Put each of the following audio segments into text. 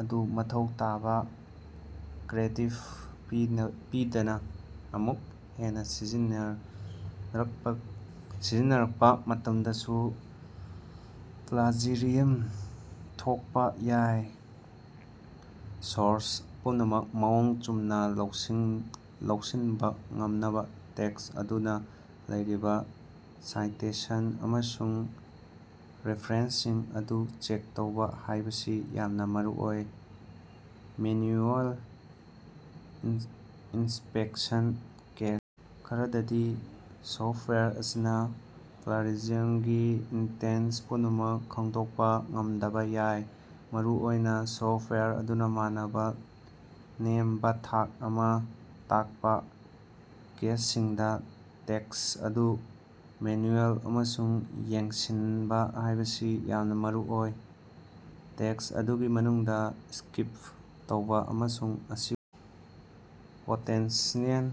ꯑꯗꯨ ꯃꯊꯧ ꯇꯥꯕ ꯀ꯭ꯔꯦꯗꯤꯠ ꯄꯤꯗꯅ ꯑꯃꯨꯛ ꯍꯟꯅ ꯁꯤꯖꯤꯟꯅꯔꯛꯄ ꯃꯇꯝꯗꯁꯨ ꯄ꯭ꯂꯥꯖꯤꯌꯔꯤꯖꯝ ꯊꯣꯛꯄ ꯌꯥꯏ꯫ ꯁꯣꯔꯁ ꯄꯨꯝꯅꯃꯛ ꯃꯑꯣꯡ ꯆꯨꯝꯅ ꯂꯧꯁꯤꯟꯕ ꯉꯝꯅꯕ ꯇꯦꯛꯁ ꯑꯗꯨꯗ ꯂꯩꯔꯤꯕ ꯁꯥꯏꯇꯦꯁꯟ ꯑꯃꯁꯨꯡ ꯔꯦꯐꯥꯔꯦꯟꯁꯁꯤꯡ ꯑꯗꯨ ꯆꯦꯛ ꯇꯧꯕ ꯍꯥꯏꯕꯁꯤ ꯌꯥꯝꯅ ꯃꯔꯨꯑꯣꯏ꯫ ꯃꯦꯅ꯭ꯌꯨꯑꯦꯜ ꯏꯟꯁꯄꯦꯛꯁꯟ: ꯀꯦꯁ ꯈꯔꯗꯗꯤ, ꯁꯣꯐꯇꯋꯥꯌꯔ ꯑꯁꯤꯅ ꯄ꯭ꯂꯥꯖꯤꯌꯔꯤꯖꯝꯒꯤ ꯏꯟꯁꯇꯦꯟꯁ ꯄꯨꯝꯅꯃꯛ ꯈꯪꯗꯣꯛꯄ ꯉꯝꯗꯕ ꯌꯥꯏ꯫ ꯃꯔꯨꯑꯣꯏꯅ ꯁꯣꯐꯇꯋꯥꯌꯔ ꯑꯗꯨꯅ ꯃꯥꯟꯅꯕ ꯅꯦꯝꯕꯥ ꯊꯥꯛ ꯑꯃ ꯇꯥꯛꯄ ꯀꯦꯁꯁꯤꯡꯗ ꯇꯦꯛꯁ ꯑꯗꯨ ꯃꯦꯅꯨꯑꯦꯜ ꯑꯣꯏꯅ ꯌꯦꯡꯁꯤꯟꯕ ꯍꯥꯏꯕꯁꯤ ꯌꯥꯝꯅ ꯃꯔꯨꯑꯣꯏ꯫ ꯇꯦꯛꯁꯠ ꯑꯗꯨꯒꯤ ꯃꯅꯨꯡꯗ ꯁ꯭ꯀꯤꯝ ꯇꯧꯕ ꯑꯃꯁꯨꯡ ꯃꯁꯤꯕꯨ ꯄꯣꯇꯦꯟꯁꯤꯑꯦꯜ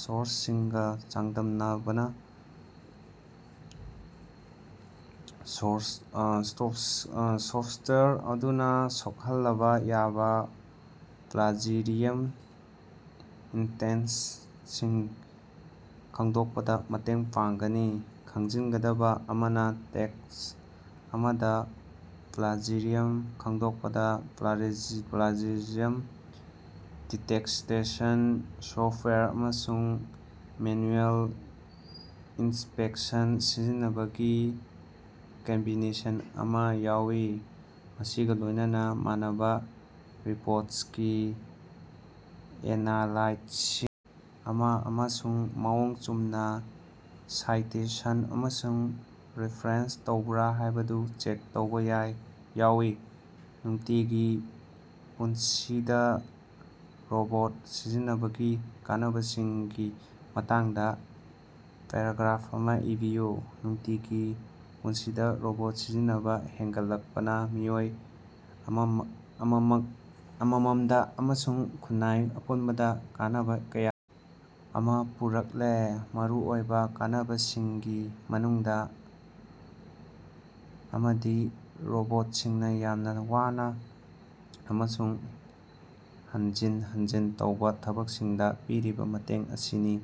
ꯁꯣꯔꯁꯁꯤꯡꯒꯥ ꯆꯥꯡꯗꯝꯅꯕꯅ ꯁꯣꯐꯇꯋꯥꯌꯔ ꯑꯗꯨꯅ ꯁꯣꯛꯍꯜꯂꯕ ꯌꯥꯕ ꯄ꯭ꯂꯥꯖꯤꯌꯔꯤꯖꯝ ꯏꯟꯁ꯭ꯇꯦꯟꯁꯁꯤꯡ ꯈꯪꯗꯣꯛꯄꯗ ꯃꯇꯦꯡ ꯄꯥꯡꯒꯅꯤ꯫ ꯈꯪꯖꯤꯟꯒꯗꯕ ꯑꯃꯅ, ꯇꯦꯛꯁ ꯑꯃꯗ ꯄ꯭ꯂꯥꯖꯤꯌꯔꯤꯖꯝ ꯈꯪꯗꯣꯛꯄꯗ ꯄ꯭ꯂꯥꯖꯤꯌꯔꯤꯖꯝ ꯗꯤꯇꯦꯛꯇꯦꯁꯟ ꯁꯣꯐꯇꯋꯥꯌꯔ ꯑꯃꯁꯨꯡ ꯃꯦꯅꯨꯑꯦꯜ ꯏꯟꯁꯄꯦꯛꯁꯟ ꯁꯤꯖꯤꯟꯅꯕꯒꯤ ꯀꯝꯕꯤꯅꯦꯁꯟ ꯑꯃ ꯌꯥꯎꯏ, ꯃꯁꯤꯒ ꯂꯣꯏꯅꯅ ꯃꯥꯟꯅꯕ ꯔꯤꯄꯣꯔꯇꯀꯤ ꯑꯦꯅꯥꯂꯥꯏꯁꯤꯁ ꯑꯃ ꯑꯃꯁꯨꯡ ꯃꯑꯣꯡ ꯆꯨꯝꯅ ꯁꯥꯏꯇꯦꯁꯟ ꯑꯃꯁꯨꯡ ꯔꯦꯐꯥꯔꯦꯟꯁ ꯇꯧꯕ꯭ꯔꯥ ꯍꯥꯏꯕꯗꯨ ꯆꯦꯛ ꯇꯧꯕ ꯌꯥꯎꯏ꯫ ꯅꯨꯡꯇꯤꯒꯤ ꯄꯨꯟꯁꯤꯗ ꯔꯣꯕꯣꯠ ꯁꯤꯖꯤꯟꯅꯕꯒꯤ ꯀꯥꯟꯅꯕꯁꯤꯡꯒꯤ ꯃꯇꯥꯡꯗ ꯄꯦꯔꯥꯒ꯭ꯔꯥꯐ ꯑꯃ ꯏꯕꯤꯌꯨ꯫ ꯅꯨꯡꯇꯤꯒꯤ ꯄꯨꯟꯁꯤꯗ ꯔꯣꯕꯣꯠ ꯁꯤꯖꯤꯟꯅꯕ ꯍꯦꯟꯒꯠꯂꯛꯄꯅ ꯃꯤꯑꯣꯏ ꯑꯃꯃꯝꯗ ꯑꯃꯁꯨꯡ ꯈꯨꯟꯅꯥꯏ ꯑꯄꯨꯟꯕꯗ ꯀꯥꯟꯅꯕ ꯀꯌꯥ ꯑꯃ ꯄꯨꯔꯛꯂꯦ꯫ ꯃꯔꯨꯑꯣꯏꯕ ꯀꯥꯟꯅꯕꯁꯤꯡꯒꯤ ꯃꯅꯨꯡꯗ ꯑꯃꯗꯤ ꯔꯣꯕꯣꯠꯁꯤꯡꯅ ꯌꯥꯝꯅ ꯋꯥꯅ ꯑꯃꯁꯨꯡ ꯍꯟꯖꯤꯟ ꯍꯟꯖꯤꯟ ꯇꯧꯕ ꯊꯕꯛꯁꯤꯡꯗ ꯄꯤꯔꯤꯕ ꯃꯇꯦꯡ ꯑꯁꯤꯅꯤ,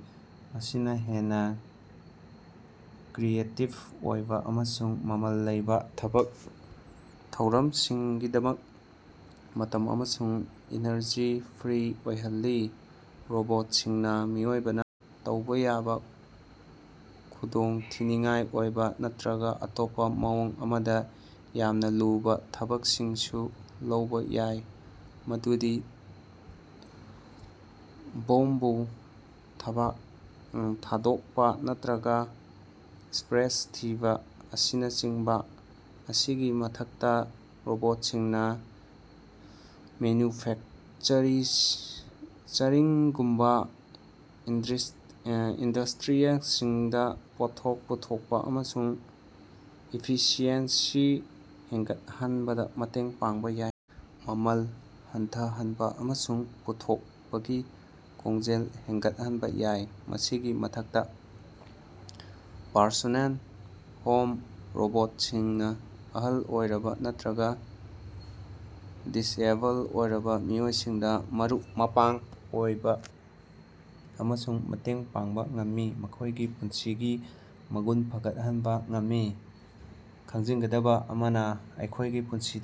ꯃꯁꯤꯅ ꯍꯦꯟꯅ ꯀ꯭ꯔꯤꯌꯦꯇꯤꯕ ꯑꯣꯏꯕ ꯑꯃꯁꯨꯡ ꯃꯃꯜ ꯂꯩꯕ ꯊꯕꯛ ꯊꯧꯔꯝꯁꯤꯡꯒꯤꯗꯃꯛ ꯃꯇꯝ ꯑꯃꯁꯨꯡ ꯏꯅꯔꯖꯤ ꯐ꯭ꯔꯤ ꯑꯣꯏꯍꯜꯂꯤ꯫ ꯔꯣꯕꯣꯠꯁꯤꯡꯅ ꯃꯤꯑꯣꯏꯕꯅ ꯇꯧꯕ ꯌꯥꯕ ꯈꯨꯗꯣꯡꯊꯤꯅꯤꯡꯉꯥꯏ ꯑꯣꯏꯕ ꯅꯠꯇ꯭ꯔꯒ ꯑꯇꯣꯞꯄ ꯃꯑꯣꯡ ꯑꯃꯗ ꯌꯥꯝꯅ ꯂꯨꯕ ꯊꯕꯛꯁꯤꯡꯁꯨ ꯂꯧꯕ ꯌꯥꯏ, ꯃꯗꯨꯗꯤ ꯕꯣꯝꯕꯨ ꯊꯥꯗꯣꯛꯄ ꯅꯠꯇ꯭ꯔꯒꯥ ꯁ꯭ꯄꯦꯁ ꯊꯤꯕ ꯑꯁꯤꯅꯆꯤꯡꯕ꯫ ꯃꯁꯤꯒꯤ ꯃꯊꯛꯇ, ꯔꯣꯕꯣꯠꯁꯤꯡꯅ ꯃꯦꯅ꯭ꯌꯨꯐꯦꯛꯆꯔꯤꯡꯒꯨꯝꯕ ꯏꯟꯗꯁꯇ꯭ꯔꯤꯁꯤꯡꯗ ꯄꯣꯠꯊꯣꯛ ꯄꯨꯊꯣꯛꯄ ꯑꯃꯁꯨꯡ ꯏꯐꯤꯁꯤꯑꯦꯟꯁꯤ ꯍꯦꯟꯒꯠꯍꯟꯕꯗ ꯃꯇꯦꯡ ꯄꯥꯡꯕ ꯌꯥꯏ, ꯃꯃꯜ ꯍꯟꯊꯍꯟꯕꯥ ꯑꯃꯁꯨꯡ ꯄꯨꯊꯣꯛꯄꯒꯤ ꯈꯣꯡꯖꯦꯜ ꯍꯦꯟꯒꯠꯍꯟꯕ ꯌꯥꯏ꯫ ꯃꯁꯤꯒꯤ ꯃꯊꯛꯇ, ꯄꯔꯁꯣꯅꯦꯜ ꯍꯣꯝ ꯔꯣꯕꯣꯠꯁꯤꯡꯅ ꯑꯍꯜ ꯑꯣꯏꯔꯕ ꯅꯠꯇ꯭ꯔꯒ ꯗꯤꯁꯑꯦꯕꯜ ꯑꯣꯏꯔꯕ ꯃꯤꯑꯣꯏꯁꯤꯡꯗ ꯃꯔꯨꯞ-ꯃꯄꯥꯡ ꯑꯣꯏꯕ ꯑꯃꯁꯨꯡ ꯃꯇꯦꯡ ꯄꯥꯡꯕ ꯉꯝꯃꯤ, ꯃꯈꯣꯏꯒꯤ ꯄꯨꯟꯁꯤꯒꯤ ꯃꯒꯨꯟ ꯐꯒꯠꯍꯟꯕ ꯉꯝꯃꯤ꯫ ꯈꯪꯖꯤꯟꯒꯗꯕ ꯑꯃꯅ, ꯑꯩꯈꯣꯏꯒꯤ ꯄꯨꯟꯁꯤꯗ